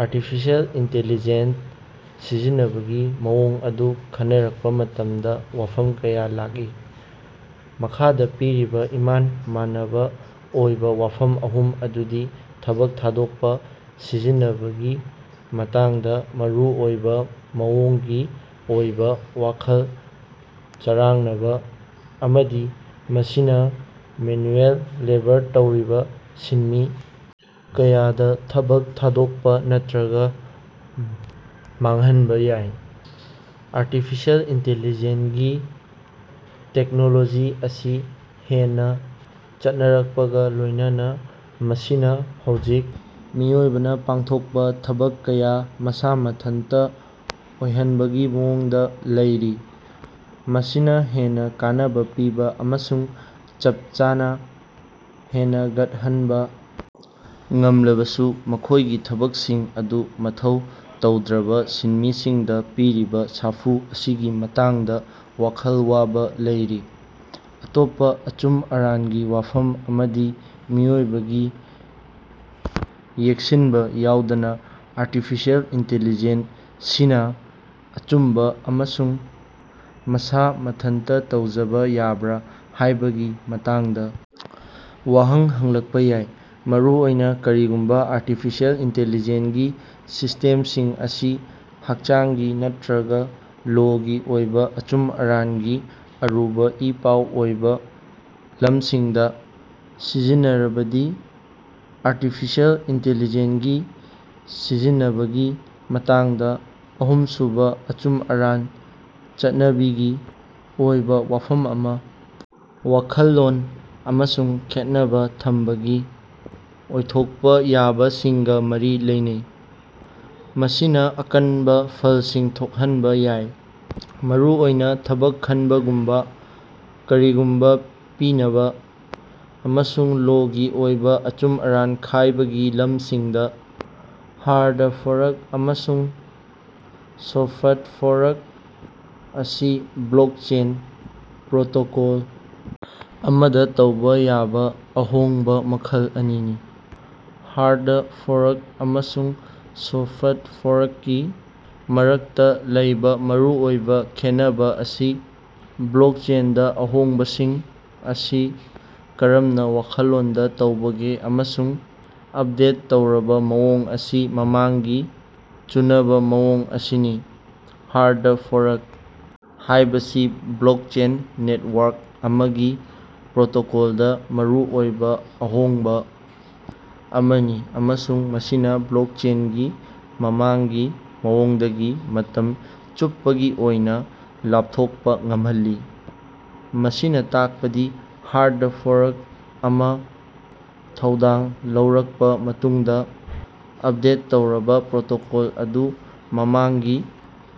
Artificial intelligence ꯁꯤꯖꯤꯟꯅꯕꯒꯤ ꯃꯑꯣꯡ ꯑꯗꯨ ꯈꯟꯅꯔꯛꯄ ꯃꯇꯝꯗ ꯋꯥꯐꯝ ꯀꯌꯥ ꯂꯥꯛꯏ꯫ ꯃꯈꯥꯗ ꯄꯤꯔꯤꯕ ꯏꯃꯥꯟ ꯃꯥꯅꯕ ꯑꯣꯏꯕ ꯋꯥꯐꯝ ꯑꯍꯨꯝ ꯑꯗꯨꯗꯤ ꯊꯕꯛ ꯊꯥꯗꯣꯛꯄ, ꯁꯤꯖꯤꯟꯅꯕꯒꯤ ꯃꯇꯥꯡꯗ ꯃꯔꯨꯑꯣꯏꯕ ꯃꯑꯣꯡꯒꯤ ꯑꯣꯏꯕ ꯋꯥꯈꯜ ꯆꯔꯥꯡꯅꯕ, ꯑꯃꯗꯤ ꯃꯁꯤꯅ ꯃꯦꯟꯌꯨꯑꯦꯜ ꯂꯦꯕꯔ ꯇꯧꯔꯤꯕ ꯁꯤꯟꯃꯤ ꯀꯌꯥꯗ ꯊꯕꯛ ꯊꯥꯗꯣꯛꯄ ꯅꯠꯇ꯭ꯔꯒ ꯃꯥꯡꯍꯟꯕ ꯌꯥꯏ꯫ ꯑꯥꯔꯇꯤꯐꯤꯁꯦꯜ ꯏꯟꯇꯦꯜꯂꯤꯖꯦꯟꯠ ꯒꯤ ꯇꯦꯛꯅꯣꯂꯣꯖꯤ ꯑꯁꯤ ꯍꯦꯟꯅ ꯆꯠꯅꯔꯛꯄꯒ ꯂꯣꯏꯅꯅ ꯃꯁꯤꯅ ꯍꯧꯖꯤꯛ ꯃꯤꯑꯣꯏꯕꯅ ꯄꯥꯡꯊꯣꯛꯄ ꯊꯕꯛ ꯀꯌꯥ ꯃꯁꯥ ꯃꯊꯟꯇ ꯑꯣꯏꯍꯟꯕꯒꯤ ꯃꯑꯣꯡꯗ ꯂꯩꯔꯤ꯫ ꯃꯁꯤꯅ ꯍꯦꯟꯅ ꯀꯥꯅꯕ ꯄꯤꯕ ꯑꯃꯁꯨꯡ ꯆꯞ ꯆꯥꯅ ꯍꯦꯅꯒꯠꯍꯟꯕ ꯉꯝꯂꯕꯁꯨ, ꯃꯈꯣꯏꯒꯤ ꯊꯕꯛꯁꯤꯡ ꯑꯗꯨ ꯃꯊꯧ ꯇꯧꯗ꯭ꯔꯕ ꯁꯤꯟꯃꯤꯁꯤꯡꯗ ꯄꯤꯔꯤꯕ ꯁꯥꯐꯨ ꯑꯁꯤꯒꯤ ꯃꯇꯥꯡꯗ ꯋꯥꯈꯜ ꯋꯥꯕ ꯂꯩꯔꯤ꯫ ꯑꯇꯣꯞꯄ ꯑꯆꯨꯝ ꯑꯔꯥꯟꯒꯤ ꯋꯥꯐꯝ ꯑꯃꯗꯤ ꯃꯤꯑꯣꯏꯕꯒꯤ ꯌꯦꯡꯁꯤꯟꯕ ꯌꯥꯎꯗꯅ ꯑꯔꯇꯤꯐꯤꯁꯦꯜ ꯏꯟꯇꯦꯜꯂꯤꯖꯦꯟ ꯁꯤꯅ ꯑꯆꯨꯝꯕ ꯑꯃꯁꯨꯡ ꯃꯁꯥ ꯃꯊꯟꯇ ꯇꯧꯖꯕ ꯌꯥꯕ꯭ꯔ ꯍꯥꯢꯕꯒꯤ ꯃꯇꯥꯡꯗ ꯋꯥꯍꯪ ꯍꯪꯂꯛꯄ ꯌꯥꯏ, ꯃꯔꯨꯑꯣꯏꯅ ꯀꯔꯤꯒꯨꯝꯕ ꯑꯔꯇꯤꯐꯤꯁꯦꯜ ꯏꯅꯇꯦꯜꯂꯤꯖꯦꯟꯒꯤ ꯁꯤꯁ꯭ꯇꯦꯝꯁꯤꯡ ꯑꯁꯤ ꯍꯛꯆꯥꯡꯒꯤ ꯅꯠꯇ꯭ꯔꯒ ꯂꯣ ꯒꯤ ꯑꯣꯏꯕ ꯑꯆꯨꯝ ꯑꯔꯥꯟꯒꯤ ꯑꯔꯨꯕ ꯏꯄꯥꯎ ꯑꯣꯏꯕ ꯂꯝꯁꯤꯡꯗ ꯁꯤꯖꯤꯟꯅꯔꯕꯗꯤ꯫ ꯑꯔꯇꯤꯐꯤꯁꯦꯜ ꯏꯅꯇꯦꯜꯂꯤꯖꯦꯟ ꯒꯤ ꯁꯤꯖꯤꯟꯅꯕꯒꯤ ꯃꯇꯥꯡꯗ ꯑꯍꯨꯝꯁꯨꯕ ꯑꯆꯨꯝ ꯑꯔꯥꯟ ꯆꯠꯅꯕꯤꯒꯤ ꯑꯣꯏꯕ ꯋꯥꯐꯝ ꯑꯃꯅ ꯋꯥꯈꯜꯂꯣꯟ ꯑꯃꯁꯨꯡ ꯈꯦꯠꯅꯕ ꯊꯝꯕꯒꯤ ꯑꯣꯏꯊꯣꯛꯄ ꯌꯥꯕꯁꯤꯡꯒ ꯃꯔꯤ ꯂꯩꯅꯩ꯫ ꯃꯁꯤꯅ ꯑꯀꯟꯕ ꯐꯜꯁꯤꯡ ꯊꯣꯛꯍꯟꯕ ꯌꯥꯏ, ꯃꯔꯨꯑꯣꯏꯅ ꯊꯕꯛ ꯈꯟꯕꯒꯨꯝꯕ, ꯀꯔꯤꯒꯨꯝꯕ ꯄꯤꯅꯕ, ꯑꯃꯁꯨꯡ ꯂꯣ ꯒꯤ ꯑꯣꯏꯕ ꯑꯆꯨꯝ ꯑꯔꯥꯟ ꯈꯥꯏꯕꯒꯤꯂꯝꯁꯤꯡꯗ꯫ ꯍꯥꯔꯗ ꯐꯣꯔꯛ ꯑꯃꯁꯨꯡ ꯁꯣꯐ꯭ꯠ ꯐꯣꯔꯛ ꯑꯁꯤ ꯕ꯭ꯂꯣꯛꯆꯦꯟ ꯄ꯭ꯔꯣꯇꯣꯀꯣꯜ ꯑꯃꯗ ꯇꯧꯕ ꯌꯥꯕ ꯑꯍꯣꯡꯕ ꯃꯈꯜ ꯑꯅꯤꯅꯤ꯫ ꯍꯥꯔꯗ ꯐꯣꯔꯛ ꯑꯃꯁꯨꯡ ꯁꯣꯐ꯭ꯠ ꯐꯣꯔꯛꯀꯤ ꯃꯔꯛꯇ ꯂꯩꯕ ꯃꯔꯨꯑꯣꯏꯕ ꯈꯦꯠꯅꯕ ꯑꯁꯤ ꯕ꯭ꯂꯣꯛꯆꯦꯟꯗ ꯑꯍꯣꯡꯕꯁꯤꯡ ꯑꯁꯤ ꯀꯔꯝꯅ ꯋꯥꯈꯜꯂꯣꯟꯗ ꯇꯧꯕꯒꯦ ꯑꯃꯁꯨꯡ ꯑꯞꯗꯦꯠ ꯇꯧꯔꯕ ꯃꯑꯣꯡ ꯑꯁꯤ ꯃꯃꯥꯡꯒꯤ ꯆꯨꯅꯕ ꯃꯑꯣꯡ ꯑꯁꯤꯅꯤ꯫ ꯍꯥꯔꯗ ꯐꯣꯔꯛ ꯍꯥꯏꯕꯁꯤ ꯕ꯭ꯂꯣꯛꯆꯦꯟ ꯅꯦꯇꯋꯥꯔꯛ ꯑꯃꯒꯤ ꯄ꯭ꯔꯣꯇꯣꯀꯣꯜꯗ ꯃꯔꯨꯑꯣꯏꯕ ꯑꯍꯣꯡꯕ ꯑꯃꯅꯤ ꯑꯃꯁꯨꯡ ꯃꯁꯤꯅ ꯕ꯭ꯂꯣꯛꯆꯦꯟꯒꯤ ꯃꯃꯥꯡꯒꯤ ꯃꯑꯣꯡꯗꯒꯤ ꯃꯇꯝ ꯆꯨꯞꯄꯒꯤ ꯑꯣꯏꯅ ꯂꯥꯞꯊꯣꯛꯄ ꯉꯝꯍꯜꯂꯤ꯫ ꯃꯁꯤꯅ ꯇꯥꯛꯄꯗꯤ ꯍꯥꯔꯗ ꯐꯣꯔꯛ ꯑꯃ ꯊꯧꯗꯥꯡ ꯂꯧꯔꯛꯄ ꯃꯇꯨꯡꯗ, ꯑꯞꯗꯦꯠ ꯇꯧꯔꯕ ꯄ꯭ꯔꯣꯇꯣꯀꯣꯜ ꯑꯗꯨ ꯃꯃꯥꯡꯒꯤ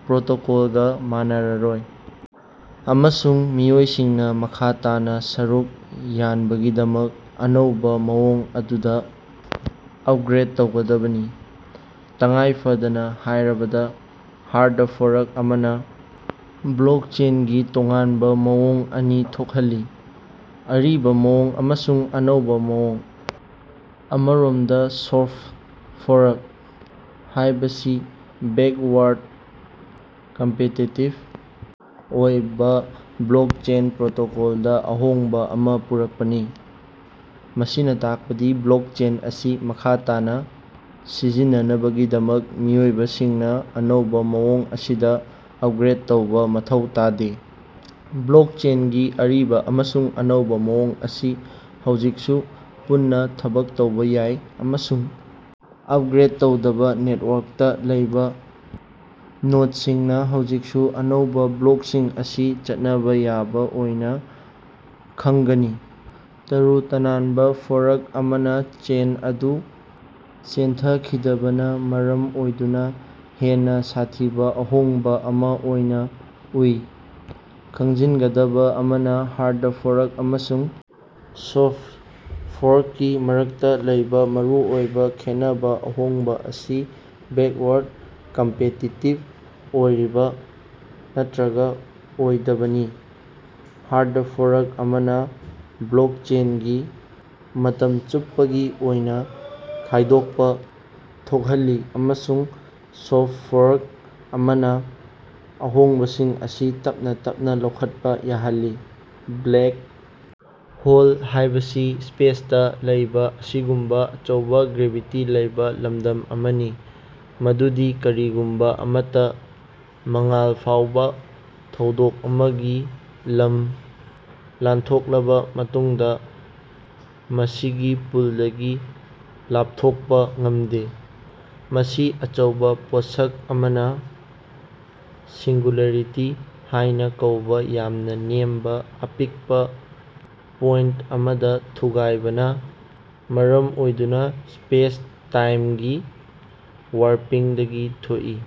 ꯄ꯭ꯔꯣꯇꯣꯀꯣꯜꯒ ꯃꯥꯟꯅꯔꯔꯣꯏ ꯑꯃꯁꯨꯡ ꯃꯤꯑꯣꯏꯁꯤꯡꯅ ꯃꯈꯥ ꯇꯥꯅ ꯁꯔꯨꯛ ꯌꯥꯟꯕꯒꯤꯗꯃꯛ ꯑꯅꯧꯕ ꯃꯑꯣꯡ ꯑꯗꯨꯗ ꯑꯞꯒ꯭ꯔꯦꯗ ꯇꯧꯒꯗꯕꯅꯤ꯫ ꯇꯉꯥꯏ ꯐꯗꯅ ꯍꯥꯏꯔꯕꯗ, ꯍꯥꯔꯗ ꯐꯣꯔꯛ ꯑꯃꯅ ꯕ꯭ꯂꯣꯛꯆꯦꯟꯒꯤ ꯇꯣꯉꯥꯟꯕ ꯃꯑꯣꯡ ꯑꯅꯤ ꯊꯣꯛꯍꯜꯂꯤ, ꯑꯔꯤꯕ ꯃꯑꯣꯡ ꯑꯃꯁꯨꯡ ꯑꯅꯧꯕ ꯃꯑꯣꯡ꯫ ꯑꯃꯔꯣꯝꯗ ꯁꯣꯐ꯭ꯠ ꯐꯣꯔꯛ ꯍꯥꯏꯕꯁꯤ ꯕꯦꯛꯋꯥꯔꯗ ꯀꯝꯄꯦꯇꯤꯇꯤꯕ ꯑꯣꯏꯕ ꯕ꯭ꯂꯣꯛꯆꯦꯟ ꯄ꯭ꯔꯣꯇꯣꯀꯣꯜꯗ ꯑꯍꯣꯡꯕ ꯑꯃ ꯄꯨꯔꯛꯄꯅꯤ꯫ ꯃꯁꯤꯅ ꯇꯥꯛꯄꯗꯤ ꯕ꯭ꯂꯣꯛꯆꯦꯟ ꯑꯁꯤ ꯃꯈꯥ ꯇꯥꯅ ꯁꯤꯖꯤꯟꯅꯅꯕꯒꯤꯗꯃꯛ ꯃꯤꯑꯣꯏꯁꯤꯡꯅ ꯑꯅꯧꯕ ꯃꯑꯣꯡ ꯑꯁꯤꯗ ꯑꯞꯒ꯭ꯔꯦꯗ ꯇꯧꯕ ꯃꯊꯧ ꯇꯥꯗꯦ꯫ ꯕ꯭ꯂꯣꯛꯆꯦꯟꯒꯤ ꯑꯔꯤꯕ ꯑꯃꯁꯨꯡ ꯑꯅꯧꯕ ꯃꯑꯣꯡ ꯑꯁꯤ ꯍꯧꯖꯤꯛꯁꯨ ꯄꯨꯟꯅ ꯊꯕꯛ ꯇꯧꯕ ꯌꯥꯏ, ꯑꯃꯁꯨꯡ ꯑꯞꯒ꯭ꯔꯦꯗ ꯇꯧꯗꯕ ꯅꯦꯇꯋꯥꯔꯛꯇ ꯂꯩꯕ ꯅꯣꯗꯁꯤꯡꯅ ꯍꯧꯖꯤꯛꯁꯨ ꯑꯅꯧꯕ ꯕ꯭ꯂꯣꯛꯁꯤꯡ ꯑꯁꯤ ꯆꯠꯅꯕ ꯌꯥꯕ ꯑꯣꯏꯅ ꯈꯪꯒꯅꯤ꯫ ꯇꯔꯨ ꯇꯅꯥꯟꯕ ꯐꯣꯔꯛ ꯑꯃꯅ ꯆꯦꯟ ꯑꯗꯨ ꯆꯦꯟꯊꯈꯤꯗꯕꯅ ꯃꯔꯝ ꯑꯣꯏꯗꯨꯅ ꯍꯦꯟꯅ ꯁꯥꯊꯤꯕ ꯑꯍꯣꯡꯕ ꯑꯃ ꯑꯣꯏꯅ ꯎꯏ꯫ ꯈꯪꯖꯤꯟꯒꯗꯕ ꯑꯃꯅ ꯍꯥꯔꯗ ꯐꯣꯔꯛ ꯑꯃꯁꯨꯡ ꯁꯣꯐ꯭ꯠ ꯐꯣꯔꯛꯀꯤ ꯃꯔꯛꯇ ꯂꯩꯕ ꯃꯔꯨꯑꯣꯏꯕ ꯈꯦꯠꯅꯕ ꯑꯍꯣꯡꯕ ꯑꯁꯤ ꯕꯦꯛꯋꯥꯔꯗ ꯀꯝꯄꯦꯇꯤꯇꯤꯕ ꯑꯣꯏꯕ ꯅꯠꯇ꯭ꯔꯒ ꯑꯣꯏꯗꯕꯅꯤ, ꯍꯥꯔꯗ ꯐꯣꯔꯛ ꯑꯃꯅ ꯕ꯭ꯂꯣꯛꯆꯦꯟꯒꯤ ꯃꯇꯝ ꯆꯨꯞꯄꯒꯤ ꯑꯣꯏꯅ ꯈꯥꯏꯗꯣꯛꯄ ꯊꯣꯛꯍꯜꯂꯤ ꯑꯃꯁꯨꯡ ꯁꯣꯐ꯭ꯠ ꯐꯣꯔꯛ ꯑꯃꯅ ꯑꯍꯣꯡꯕꯁꯤꯡ ꯑꯁꯤ ꯇꯞꯅ ꯇꯞꯅ ꯂꯧꯈꯠꯄ ꯌꯥꯍꯜꯂꯤ꯫ ꯕ꯭ꯂꯦꯛ ꯍꯣꯜ ꯍꯥꯏꯕꯁꯤ ꯁ꯭ꯄꯦꯁꯇ ꯂꯩꯕ ꯑꯁꯤꯒꯨꯝꯕ ꯑꯆꯧꯕꯥ ꯒ꯭ꯔꯦꯚꯤꯇꯤ ꯂꯩꯕ ꯂꯝꯗꯝ ꯑꯃꯅꯤ ꯃꯗꯨꯗꯤ ꯀꯔꯤꯒꯨꯝꯕ ꯑꯃꯠꯇ, ꯃꯉꯥꯜ ꯐꯥꯎꯕ, ꯊꯧꯗꯣꯛ ꯑꯃꯒꯤ ꯂꯝ ꯂꯥꯟꯊꯣꯛꯂꯕ ꯃꯇꯨꯡꯗ ꯃꯁꯤꯒꯤ ꯄꯨꯜꯗꯒꯤ ꯂꯥꯞꯊꯣꯛꯄ ꯉꯝꯗꯦ꯫ ꯃꯁꯤ ꯑꯆꯧꯕ ꯄꯣꯠꯁꯛ ꯑꯃꯅ ꯁꯤꯡꯒꯨꯂꯔꯤꯇꯤ ꯍꯥꯏꯅ ꯀꯧꯕ ꯌꯥꯝꯅ ꯅꯦꯝꯕ ꯑꯄꯤꯛꯄ ꯄꯣꯏꯟꯇ ꯑꯃꯗ ꯊꯨꯒꯥꯏꯕꯅ ꯃꯔꯝ ꯑꯣꯏꯗꯨꯅ ꯁ꯭ꯄꯦꯁꯇꯥꯏꯝꯒꯤ ꯋꯥꯔꯄꯤꯡꯗꯒꯤ ꯊꯣꯛꯏ꯫